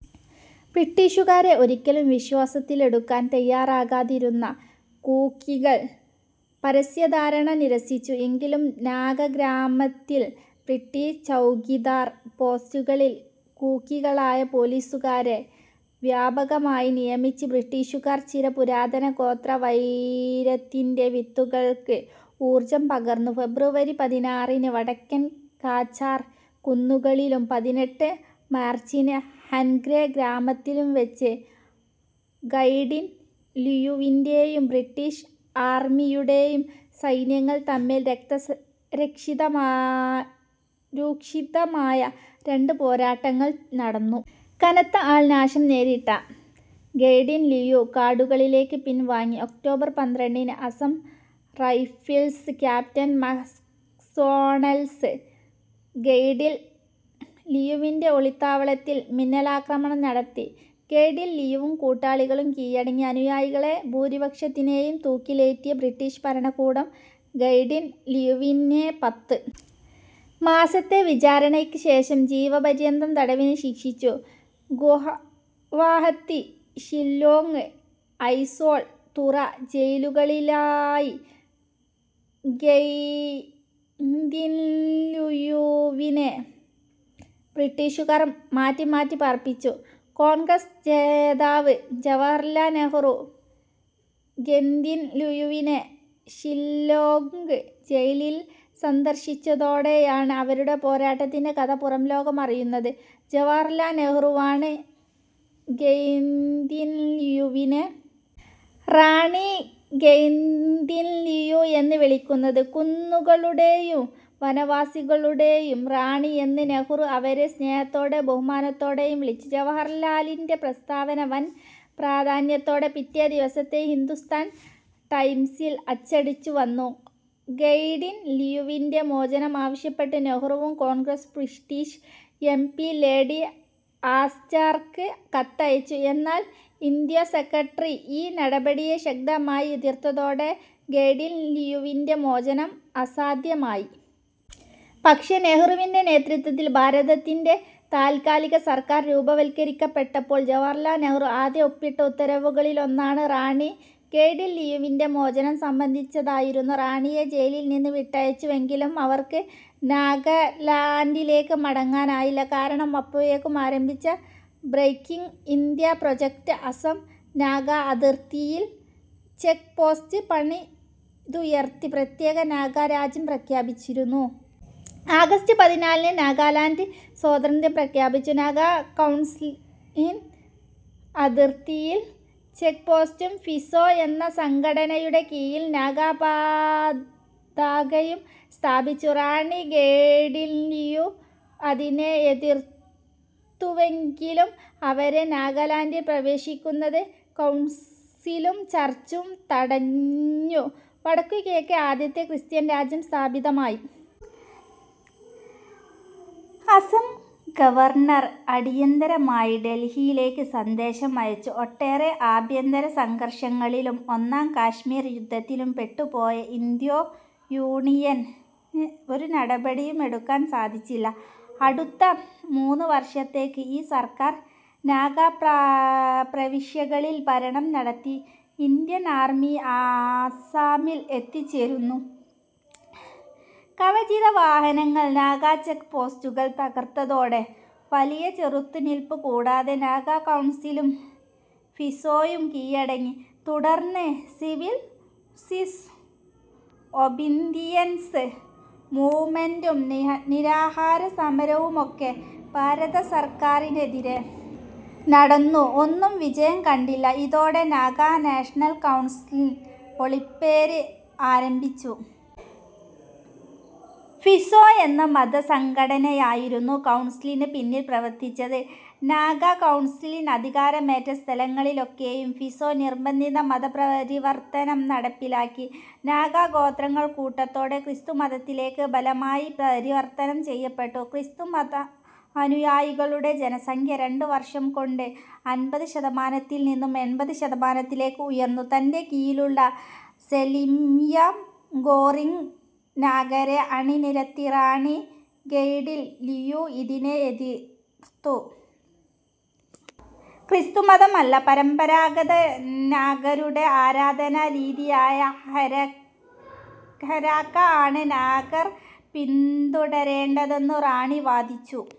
ബ്രിട്ടീഷുകാരെ ഒരിക്കലും വിശ്വാസത്തിലെടുക്കാൻ തയ്യാറാകാതിരുന്ന കൂക്കികൾ പരസ്യ ധാരണ നിരസ്സിച്ചു, എങ്കിലും നാഗ ഗ്രാമത്തിൽ ബ്രിട്ടീഷ് ചൗകിദാർ പോസ്റ്റുകളിൽ കൂക്കികളായ പോലീസുകാരെ വ്യാപകമായി നിയമിച്ച് ബ്രിട്ടീഷുകാർ ചിര പുരാതന ഗോത്ര വൈരത്തിൻ്റെ വിത്തുകൾക്ക് ഊർജ്ജം പകർന്നു. ഫെബ്രുവരി പതിനാറിന് വടക്കൻ കാച്ചാർ കുന്നുകളിലും പതിനെട്ട് മാർച്ചിന് ഹൻഗ്രാം ഗ്രാമത്തിലും വച്ച് ഗൈഡിൻ ലിയുവിൻ്റെയും ബ്രിട്ടീഷ് ആർമ്മിയുടേയും സൈന്യങ്ങൾ തമ്മിൽ രക്തസ് രക്ഷിതമാ രൂക്ഷിതമായ രണ്ട് പോരാട്ടങ്ങൾ നടന്നു. കനത്ത ആൾ നാശം നേരിട്ട ഗൈഡിൻ ലിയു കാടുകളിലേക്ക് പിൻ വാങ്ങി, ഒക്റ്റോബർ പന്ത്രണ്ടിന് Assam Rifles Captain McDonald ഗൈഡിൽ ലിയുവിൻ്റെ ഒളിത്താവളത്തിൽ മിന്നലാക്രമണം നടത്തി, ഗൈഡിൻ ലിയുവും കൂട്ടാളികളും കീഴടങ്ങി, അനുയായികളെ ഭൂരിപക്ഷത്തിനെയും തൂക്കിലേറ്റിയ ബ്രിട്ടീഷ് ഭരണകൂടം ഗൈഡിൻ ലിയുവിനെ പത്ത് മാസത്തെ വിചാരണയ്ക്ക് ശേഷം ജീവപര്യന്തം തടവിന് ശിക്ഷിച്ചു, ഗുഹവാഹത്തി, ഷില്ലോംഗ്, ഐസ്വാൾ, തുറ ജയിലുകളിലായി ഗെയ്ന്തിൻലുയുവിനെ ബ്രിട്ടീഷുകാർ മാറ്റി മാറ്റി പാർപ്പിച്ചു, കോൺഗ്രസ് നേതാവ് ജവഹർലാൽ നെഹ്റു ഗെന്തിൻലിയുവിനെ ഷില്ലോംഗ് ജയിലിൽ സന്ദർശിച്ചതോടെയാണ് അവരുടെ പോരാട്ടത്തിൻ്റെ കഥ പുറം ലോകം അറിയുന്നത്, ജവഹർലാൽ നെഹ്റുവാണ് ഗെയ്ന്തിൻലിയുവിനെ റാണി ഗെയ്ന്തിൻലിയു എന്ന് വിളിക്കുന്നത്, കുന്നുകളുടേയും വനവാസികളുടേയും റാണിയെന്ന് നെഹ്റു അവരെ സ്നേഹത്തോടെ ബഹുമാനത്തോടെയും വിളിച്ചു, ജവഹർലാലിൻ്റെ പ്രസ്താവന വൻ പ്രാധാന്യത്തോടെ പിറ്റേ ദിവസത്തെ ഹിന്ദുസ്ഥാൻ ടൈംസിൽ അച്ചടിച്ചു വന്നു, ഗൈഡിൻ ലിയുവിൻ്റെ മോചനം ആവിശ്യപ്പെട്ട് നെഹ്റുവും കോൺഗ്രസും ബ്രിട്ടീഷ് എം പി ലേഡി ആസ്റ്റാർക്ക് കത്തയച്ചു, എന്നാൽ, ഇന്ത്യ സെക്രട്ടറി ഈ നടപടിയെ ശക്തമായി എതിർത്തതോടെ ഗെയ്ഡിൻ ലിയുവിൻ്റെ മോചനം അസാധ്യമായി. പക്ഷെ നെഹ്റുവിൻ്റെ നേതൃത്തിൽ ഭാരതത്തിൻ്റെ താൽകാലിക സർക്കാർ രൂപവത്കരിക്കപ്പെട്ടപ്പോൾ ജവഹർലാൽ നെഹ്റു ആദ്യം ഒപ്പിട്ട ഉത്തരവുകളിലൊന്ന് റാണി ഗെയ്ഡിൻ ലിയുവിൻ്റെ മോചനം സംബന്ധിച്ചതായിരുന്നു. റാണിയെ ജയിലിൻ നിന്ന് വിട്ടയച്ചുവെങ്കിലും അവർക്ക് നാഗാലാൻഡിലേക്ക് മടങ്ങാനായില്ല, കാരണം അപ്പോഴേക്കും ആരംഭിച്ച breaking India project Assam Naga അതിർത്തിയിൽ ചെക് പോസ്റ്റ് പണിതുയർത്തി, പ്രത്യേക നാഗാ രാജ്യം പ്രഖ്യാപിച്ചിരുന്നു. ആഗസ്റ്റ് പതിനാലിന് നാഗാ ലാൻഡ് സ്വാതന്ത്യം പ്രഖ്യാപിച്ചു, നാഗാ കൗൺസിയിൻ അതിർത്തിയിൽ ചെക് പോസ്റ്റും, ഫിസോ എന്ന സംഘടനയുടെ കീഴിൽ നാഗാ പാതാകയും സ്ഥാപിച്ചു, റാണി ഗെയ്ഡിൻലിയു അതിനെ എതിർത്തുവെങ്കിലും അവരെ നാഗാലാൻഡിൽ പ്രവേശിക്കുന്നത് കൗൺസിലും ചർച്ചും തടഞ്ഞു, വടക്ക് കിഴക്ക് ആദ്യത്തെ ക്രിസ്ത്യൻ രാജ്യം സ്ഥാപിതമായി, അസം ഗവർണർ അടിയന്തരമായി ഡൽഹിയിലേക്ക് സന്ദേശം അയച്ചു, ഒട്ടേറെ ആഭ്യന്തര സംഘർഷങ്ങളിലും ഒന്നാം കാശ്മീർ യുദ്ധത്തിലും പെട്ട് പോയ ഇൻഡോ യൂണിയൻ ഒരു നടപടിയും എടുക്കാൻ സാധിച്ചില്ല, അടുത്ത മൂന്ന് വർഷത്തേക്ക് ഈ സർക്കാർ നാഗാ പ്ര പ്രവിശ്യകളിൽ ഭരണം നടത്തി, ഇൻഡ്യൻ ആർമി ആസ്സാമിൽ എത്തിച്ചേരുന്നു, കവചിത വാഹനങ്ങൾ നാഗാ ചെക് പോസ്റ്റുകൾ തകർത്തതോടെ വലിയ ചെറുത്ത് നിൽപ് കൂടാതെ നാഗാ കൗൺസിലും ഫിസോയും കീഴടങ്ങി, തുടർന്ന് സിവിൽ ഡിസ് ഒബിന്തിയൻസ് മൂവ്മെൻ്റും നിരാഹര സമരവുമൊക്കെ ഭാരത സർക്കാറിനെതിരെ നടന്നു ഒന്നും വിജയം കണ്ടില്ല, ഇതോടെ നാഗാ നാഷണൽ കൗൺസിൽ ഒളിപ്പേര് ആരംഭിച്ചു. ഫിസോ എന്ന മത സംഘടനയായിരുന്നു കൗൺസിലിന് പിന്നിൽ പ്രവർത്തിച്ചത്, നാഗാ കൗൺസ്ലിൻ അധികാരമേറ്റ സ്ഥലങ്ങളിലൊക്കെയും ഫിസോ നിർബന്ധിത മതപരിവർത്തനം നടപ്പിലാക്കി, നാഗ ഗോത്രങ്ങൾ കൂട്ടത്തോടെ ക്രിസ്തു മതത്തിലേക്ക് ബലമായി പരിവർത്തനം ചെയ്യപ്പെട്ടു, ക്രിസ്തു മതാനുയായികളുടെ ജനസംഖ്യ രണ്ട് വർഷം കൊണ്ട് അൻപത് ശതമാനത്തിൽ നിന്നും എൺപത് ശതമാനത്തിലേക്ക് ഉയർന്നു തൻ്റെ കീഴിലുള്ള സെലിംയഗോറിങ് നാഗരെ അണി നിരത്തി റാണി ഗൈഡിൻ ലിയു ഇതിനെ ഏതിർത്തു, ക്രിസ്തുമതം അല്ല പരമ്പരാഗത നാഗരുടെ ആരാധാന രീതിയായ ഹെരാക്ക് ഹെരാക്ക ആണ് നാഗർ പിന്തുടരേണ്ടതെന്നും റാണി വാദിച്ചു.